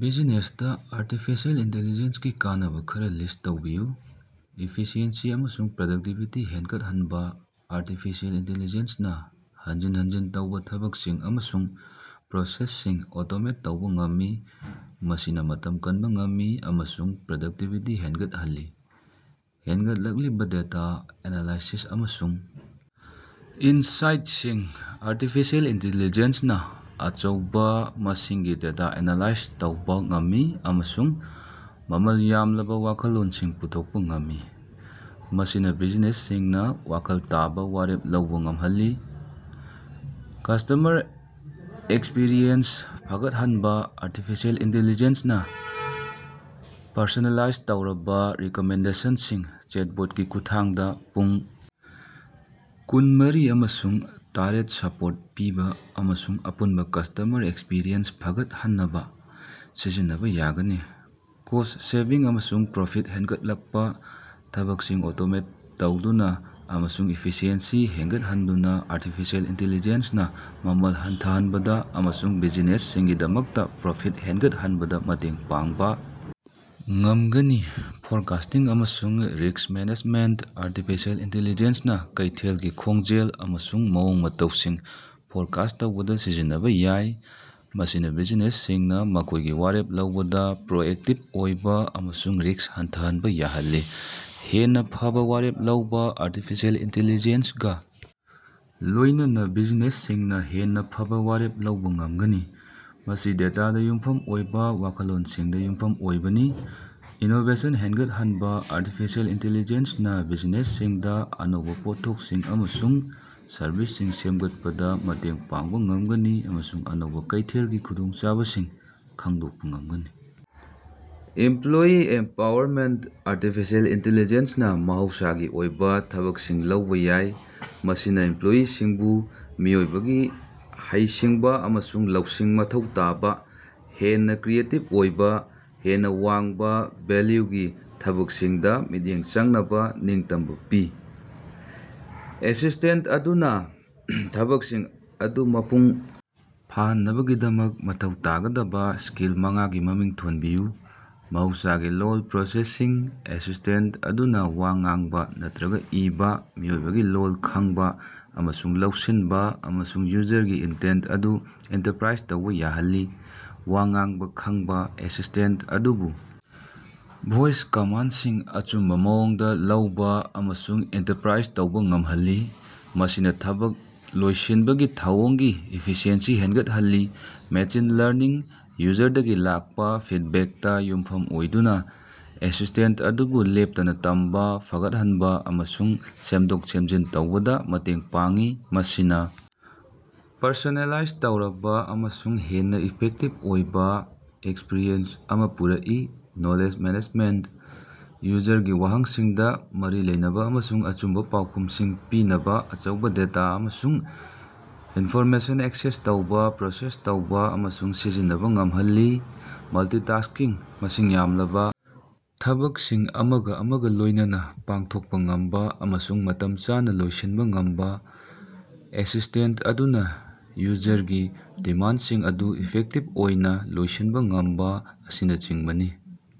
ꯕꯤꯖꯤꯅꯦꯁꯇꯥ artificial ꯏꯟꯇꯤꯂꯤꯖꯦꯟꯁꯒꯤ ꯀꯥꯟꯅꯕ ꯈꯔ ꯂꯤꯁ ꯇꯧꯕꯤꯌꯨ꯫ ꯏꯐꯤꯁꯤꯑꯦꯟꯁꯤ ꯑꯃꯁꯨꯡ ꯄ꯭ꯔꯗꯛꯇꯤꯕꯤꯇꯤ ꯍꯦꯟꯒꯠꯍꯟꯕꯥ: ꯑꯔꯇꯤꯐꯤꯁꯦꯜ ꯏꯟꯇꯤꯜꯂꯤꯖꯦꯟꯁꯅꯥ ꯍꯟꯖꯤꯟ ꯍꯟꯖꯤꯟ ꯇꯧꯕꯥ ꯊꯕꯛꯁꯤꯡ ꯑꯃꯁꯨꯡ ꯄ꯭ꯔꯣꯁꯦꯁꯁꯤꯡ ꯑꯣꯇꯣꯃꯦꯠ ꯇꯧꯕ ꯉꯝꯃꯤ, ꯃꯁꯤꯅꯥ ꯃꯇꯝ ꯀꯟꯕ ꯉꯝꯃꯤ ꯑꯃꯁꯨꯡ ꯄ꯭ꯔꯗꯛꯇꯤꯕꯤꯇꯤ ꯍꯦꯟꯒꯠꯍꯜꯂꯤ꯫ ꯍꯦꯟꯒꯠꯂꯛꯂꯤꯕ ꯗꯦꯇꯥ ꯑꯦꯅꯥꯂꯥꯏꯁꯤꯁ ꯑꯃꯁꯨꯡ ꯏꯟꯁꯥꯏꯠꯁꯤꯡ: ꯑꯔꯇꯤꯐꯤꯁꯦꯜ ꯏꯟꯇꯤꯂꯤꯖꯦꯟꯁꯅꯥ ꯑꯆꯧꯕꯥ ꯃꯁꯤꯡꯒꯤ ꯗꯦꯇꯥ ꯑꯦꯅꯂꯥꯏꯖ ꯇꯧꯕꯥ ꯉꯝꯃꯤ ꯑꯃꯁꯨꯡ ꯃꯃꯜ ꯌꯥꯝꯂꯕꯥ ꯋꯥꯈꯜꯂꯣꯟꯁꯤꯡ ꯄꯨꯊꯣꯛꯄꯥ ꯉꯝꯃꯤ, ꯃꯁꯤꯅꯥ ꯕꯤꯖꯤꯅꯦꯁꯁꯤꯡꯅꯥ ꯋꯥꯈꯜ ꯇꯥꯕꯥ ꯋꯥꯔꯦꯞ ꯂꯧꯕꯥ ꯉꯝꯍꯜꯂꯤ꯫ ꯀꯁ꯭ꯇꯃꯔ ꯑꯦꯛꯁꯄꯤꯔꯤꯑꯦꯟꯁ ꯐꯒꯠꯍꯟꯕꯥ: ꯑꯔꯇꯤꯐꯤꯁꯦꯜ ꯏꯟꯇꯤꯜꯂꯤꯖꯦꯟꯁꯅꯥ ꯄꯔꯁꯣꯅꯦꯂꯥꯏꯖ ꯇꯧꯔꯕꯥ ꯔꯤꯛꯃꯦꯟꯗꯦꯁꯟꯁꯤꯡ, ꯆꯦꯠꯕꯣꯠꯀꯤ ꯈꯨꯠꯊꯥꯡꯗꯥ ꯄꯨꯡ ꯀꯨꯟꯃꯔꯤ ꯑꯃꯁꯨꯡ ꯇꯥꯔꯦꯠ ꯁꯄꯣꯔꯠ ꯄꯤꯕꯥ ꯑꯃꯁꯨꯡ ꯑꯄꯨꯟꯕ ꯀꯁꯇꯃꯔ ꯑꯦꯛꯁꯄꯤꯔꯤꯑꯦꯟꯁ ꯐꯒꯠꯍꯟꯅꯕꯥ ꯁꯤꯖꯤꯟꯅꯕ ꯌꯥꯒꯅꯤ꯫ ꯀꯣꯁ ꯁꯦꯚꯤꯡ ꯑꯃꯁꯨꯡ ꯄ꯭ꯔꯣꯐꯤꯠ ꯍꯦꯟꯒꯠꯂꯛꯄꯥ: ꯊꯕꯛꯁꯤꯡ ꯑꯣꯇꯣꯃꯦꯠ ꯇꯧꯗꯨꯅꯥ ꯑꯃꯁꯨꯡ ꯏꯐꯤꯁꯤꯑꯦꯟꯁꯤ ꯍꯦꯟꯒꯠꯍꯟꯗꯨꯅ ꯑꯔꯇꯤꯐꯤꯁꯦꯜ ꯏꯟꯇꯤꯜꯂꯤꯖꯦꯟꯁꯅꯥ ꯃꯃꯜ ꯍꯟꯊꯍꯟꯕꯗꯥ ꯑꯃꯁꯨꯡ ꯕꯤꯖꯤꯅꯦꯁꯁꯤꯡꯒꯤꯗꯃꯛꯇ ꯄ꯭ꯔꯣꯐꯤꯠ ꯍꯦꯟꯒꯠꯍꯟꯕꯗꯥ ꯃꯇꯦꯡ ꯄꯥꯡꯕꯥ ꯉꯝꯒꯅꯤ꯫ ꯐꯣꯔꯀꯥꯁꯇꯤꯡ ꯑꯃꯁꯨꯡ ꯔꯤꯛꯁ ꯃꯦꯅꯦꯖꯃꯦꯟꯇ: ꯑꯔꯇꯤꯐꯤꯁꯦꯜ ꯏꯟꯇꯤꯜꯂꯤꯖꯦꯟꯁꯅꯥ ꯀꯩꯊꯦꯜꯒꯤ ꯈꯣꯡꯖꯦꯜ ꯑꯃꯁꯨꯡ ꯃꯑꯣꯡ ꯃꯇꯧꯁꯤꯡ ꯐꯣꯔꯀꯥꯁ ꯇꯧꯕꯗ ꯁꯤꯖꯤꯟꯅꯕꯥ ꯌꯥꯏ, ꯃꯁꯤꯅꯥ ꯕꯤꯖꯤꯅꯦꯁꯁꯤꯡꯅꯥ ꯃꯈꯣꯏꯒꯤ ꯋꯥꯔꯦꯞ ꯂꯧꯕꯗꯥ ꯄ꯭ꯔꯣꯑꯦꯛꯇꯤꯕ ꯑꯣꯏꯕꯥ ꯑꯃꯁꯨꯡ ꯔꯤꯛꯁ ꯍꯟꯊꯍꯟꯕ ꯌꯥꯍꯜꯂꯤ꯫ ꯍꯦꯟꯅꯥ ꯐꯕꯥ ꯋꯥꯔꯦꯞ ꯂꯧꯕꯥ: ꯑꯔꯇꯤꯐꯤꯁꯦꯜ ꯏꯟꯇꯤꯜꯂꯤꯖꯦꯟꯁꯒꯥ ꯂꯣꯏꯅꯅꯥ ꯕꯤꯖꯤꯅꯦꯁꯁꯤꯡꯅꯥ ꯍꯦꯟꯅꯥ ꯐꯕꯥ ꯋꯥꯔꯦꯞ ꯂꯧꯕꯥ ꯉꯝꯒꯅꯤ, ꯃꯁꯤ ꯗꯦꯇꯥꯗꯥ ꯌꯨꯝꯐꯝ ꯑꯣꯏꯕꯥ ꯋꯥꯈꯜꯂꯣꯟꯁꯤꯡꯗ ꯌꯨꯝꯐꯝ ꯑꯣꯏꯕꯅꯤ꯫ ꯏꯅꯣꯕꯦꯁꯟ ꯍꯦꯟꯒꯠꯍꯟꯕ: ꯑꯔꯇꯤꯐꯤꯁꯦꯜ ꯏꯟꯇꯤꯜꯂꯤꯖꯦꯟꯁꯅꯥ ꯕꯤꯖꯤꯅꯦꯁꯁꯤꯡꯗꯥ ꯑꯅꯧꯕꯥ ꯄꯣꯠꯊꯣꯛꯁꯤꯡ ꯑꯃꯁꯨꯡ ꯁꯔꯕꯤꯁꯁꯤꯡ ꯁꯦꯝꯒꯠꯄꯗꯥ ꯃꯇꯦꯡ ꯄꯥꯡꯕꯥ ꯉꯝꯒꯅꯤ, ꯑꯃꯁꯨꯡ ꯑꯅꯧꯕꯥ ꯀꯩꯊꯦꯜꯒꯤ ꯈꯨꯗꯣꯡꯆꯥꯕꯁꯤꯡ ꯈꯪꯗꯣꯛꯄ ꯉꯝꯒꯅꯤ꯫ ꯏꯝꯄ꯭ꯂꯣꯌꯤ ꯑꯦꯝꯄꯥꯋꯔꯃꯦꯟꯇ: ꯑꯔꯇꯤꯐꯤꯁꯦꯜ ꯏꯟꯇꯤꯜꯂꯤꯖꯦꯟꯁꯅꯥ ꯃꯍꯧꯁꯥꯒꯤ ꯑꯣꯏꯕ ꯊꯕꯛꯁꯤꯡ ꯂꯧꯕꯥ ꯌꯥꯏ, ꯃꯁꯤꯅꯥ ꯏꯝꯄ꯭ꯂꯣꯌꯤꯁꯤꯡꯕꯨ ꯃꯤꯑꯣꯏꯕꯒꯤ ꯍꯩꯁꯤꯡꯕꯥ ꯑꯃꯁꯨꯡ ꯂꯧꯁꯤꯡ ꯃꯊꯧ ꯇꯥꯕꯥ ꯍꯦꯟꯅꯥ ꯀ꯭ꯔꯤꯌꯦꯇꯤꯕ ꯑꯣꯏꯕꯥ, ꯍꯦꯟꯅꯥ ꯋꯥꯡꯕꯥ ꯚꯦꯜꯌꯨꯒꯤ ꯊꯕꯛꯁꯤꯡꯗꯥ ꯃꯤꯠꯌꯦꯡ ꯆꯪꯅꯕꯥ ꯅꯤꯡꯇꯝꯕꯥ ꯄꯤ꯫ ꯑꯦꯁꯤꯁꯇꯦꯟꯇ ꯑꯗꯨꯅꯥ ꯊꯕꯛꯁꯤꯡ ꯑꯗꯨ ꯃꯄꯨꯡ ꯐꯥꯍꯟꯅꯕꯒꯤꯗꯃꯛ ꯃꯊꯧ ꯇꯥꯒꯗꯕꯥ ꯁ꯭ꯀꯤꯜ ꯃꯉꯥꯒꯤ ꯃꯃꯤꯡ ꯊꯣꯟꯕꯤꯌꯨ꯫ ꯃꯍꯧꯁꯥꯒꯤ ꯂꯣꯜ ꯄ꯭ꯔꯣꯁꯦꯁꯤꯡ: ꯑꯦꯁꯤꯁꯇꯦꯟꯇ ꯑꯗꯨꯅꯥ ꯋꯥ ꯉꯥꯡꯕ ꯅꯠꯇ꯭ꯔꯥꯒ ꯏꯕꯥ ꯃꯤꯑꯣꯏꯕꯒꯤ ꯂꯣꯜ ꯈꯪꯕ ꯑꯃꯁꯨꯡ ꯂꯧꯁꯤꯟꯕ ꯑꯃꯁꯨꯡ ꯌꯨꯖꯔꯒꯤ ꯏꯟꯇꯦꯟ ꯑꯗꯨ ꯏꯟꯇꯔꯄ꯭ꯔꯥꯏꯖ ꯇꯧꯕꯥ ꯌꯥꯍꯜꯂꯤ꯫ ꯋꯥ ꯉꯥꯡꯕꯥ ꯈꯪꯕ: ꯑꯦꯁꯤꯁꯇꯦꯟꯇ ꯑꯗꯨꯕꯨ ꯚꯣꯏꯁ ꯀꯃꯥꯟꯗꯁꯤꯡ ꯑꯆꯨꯝꯕꯥ ꯃꯑꯣꯡꯗꯥ ꯂꯧꯕꯥ ꯑꯃꯁꯨꯡ ꯏꯟꯇꯔꯄ꯭ꯔꯥꯏꯖ ꯇꯧꯕꯥ ꯉꯝꯍꯜꯂꯤ, ꯃꯁꯤꯅꯥ ꯊꯕꯛ ꯂꯣꯏꯁꯤꯟꯕꯒꯤ ꯊꯧꯑꯣꯡꯒꯤ ꯏꯐꯤꯁꯤꯑꯦꯟꯁꯤ ꯍꯦꯟꯒꯠꯍꯜꯂꯤ꯫ ꯃꯦꯆꯤꯟ ꯂꯔꯅꯤꯡ: ꯌꯨꯖꯔꯗꯒꯤ ꯂꯥꯛꯄ ꯐꯤꯠꯕꯦꯛꯇ ꯌꯨꯝꯐꯝ ꯑꯣꯏꯗꯨꯅꯥ ꯑꯦꯁꯤꯁꯇꯦꯟꯇ ꯑꯗꯨꯕꯨ ꯂꯦꯞꯇꯅꯥ ꯇꯝꯕꯥ, ꯐꯒꯠꯍꯟꯕ ꯑꯃꯁꯨꯡ ꯁꯦꯝꯗꯣꯛ-ꯁꯦꯝꯖꯤꯟ ꯇꯧꯕꯗꯥ ꯃꯇꯦꯡ ꯄꯥꯡꯏ, ꯃꯁꯤꯅꯥ ꯄꯔꯁꯣꯅꯦꯂꯥꯏꯖ ꯇꯧꯔꯕꯥ ꯑꯃꯁꯨꯡ ꯍꯦꯟꯅꯥ ꯏꯐꯦꯛꯇꯤꯕ ꯑꯣꯏꯕꯥ ꯑꯦꯛꯁꯄ꯭ꯔꯤꯌꯦꯟꯁ ꯑꯃꯥ ꯄꯨꯔꯛꯏ꯫ ꯅꯣꯂꯦꯖ ꯃꯦꯅꯦꯖꯃꯦꯟꯇ: ꯌꯨꯖꯔꯒꯤ ꯋꯥꯍꯪꯁꯤꯡꯗꯥ ꯃꯔꯤ ꯂꯩꯅꯕꯥ ꯑꯃꯁꯨꯡ ꯑꯆꯨꯝꯕꯥ ꯄꯥꯎꯈꯨꯝꯁꯤꯡ ꯄꯤꯅꯕꯥ ꯑꯆꯧꯕꯥ ꯗꯦꯇꯥ ꯑꯃꯁꯨꯡ ꯏꯟꯐꯣꯔꯃꯦꯁꯟ ꯑꯦꯛꯁꯦꯁ ꯇꯧꯕꯥ, ꯄ꯭ꯔꯣꯁꯦꯁ ꯇꯧꯕꯥ ꯑꯃꯁꯨꯡ ꯁꯤꯖꯤꯟꯅꯕꯥ ꯉꯝꯍꯜꯂꯤ꯫ ꯃꯜꯇꯤꯇꯥꯛꯁ꯭ꯀꯤꯡ: ꯃꯁꯤꯡ ꯌꯥꯝꯂꯕꯥ ꯊꯕꯛꯁꯤꯡ ꯑꯃꯒꯥ ꯑꯃꯒꯥ ꯂꯣꯏꯅꯅ ꯄꯥꯡꯊꯣꯛꯄꯥ ꯉꯝꯕꯥ ꯑꯃꯁꯨꯡ ꯃꯇꯝ ꯆꯥꯅꯥ ꯂꯣꯏꯁꯤꯟꯕ ꯉꯝꯕꯥ, ꯑꯦꯁꯤꯁꯇꯦꯟꯇ ꯑꯗꯨꯅꯥ ꯌꯨꯖꯔꯒꯤ ꯗꯤꯃꯥꯟꯗꯁꯤꯡ ꯑꯗꯨ ꯏꯐꯦꯛꯇꯤꯕ ꯑꯣꯏꯅꯥ ꯂꯣꯏꯁꯤꯟꯕ ꯉꯝꯕꯥ ꯑꯁꯤꯅꯆꯤꯡꯕꯅꯤ꯫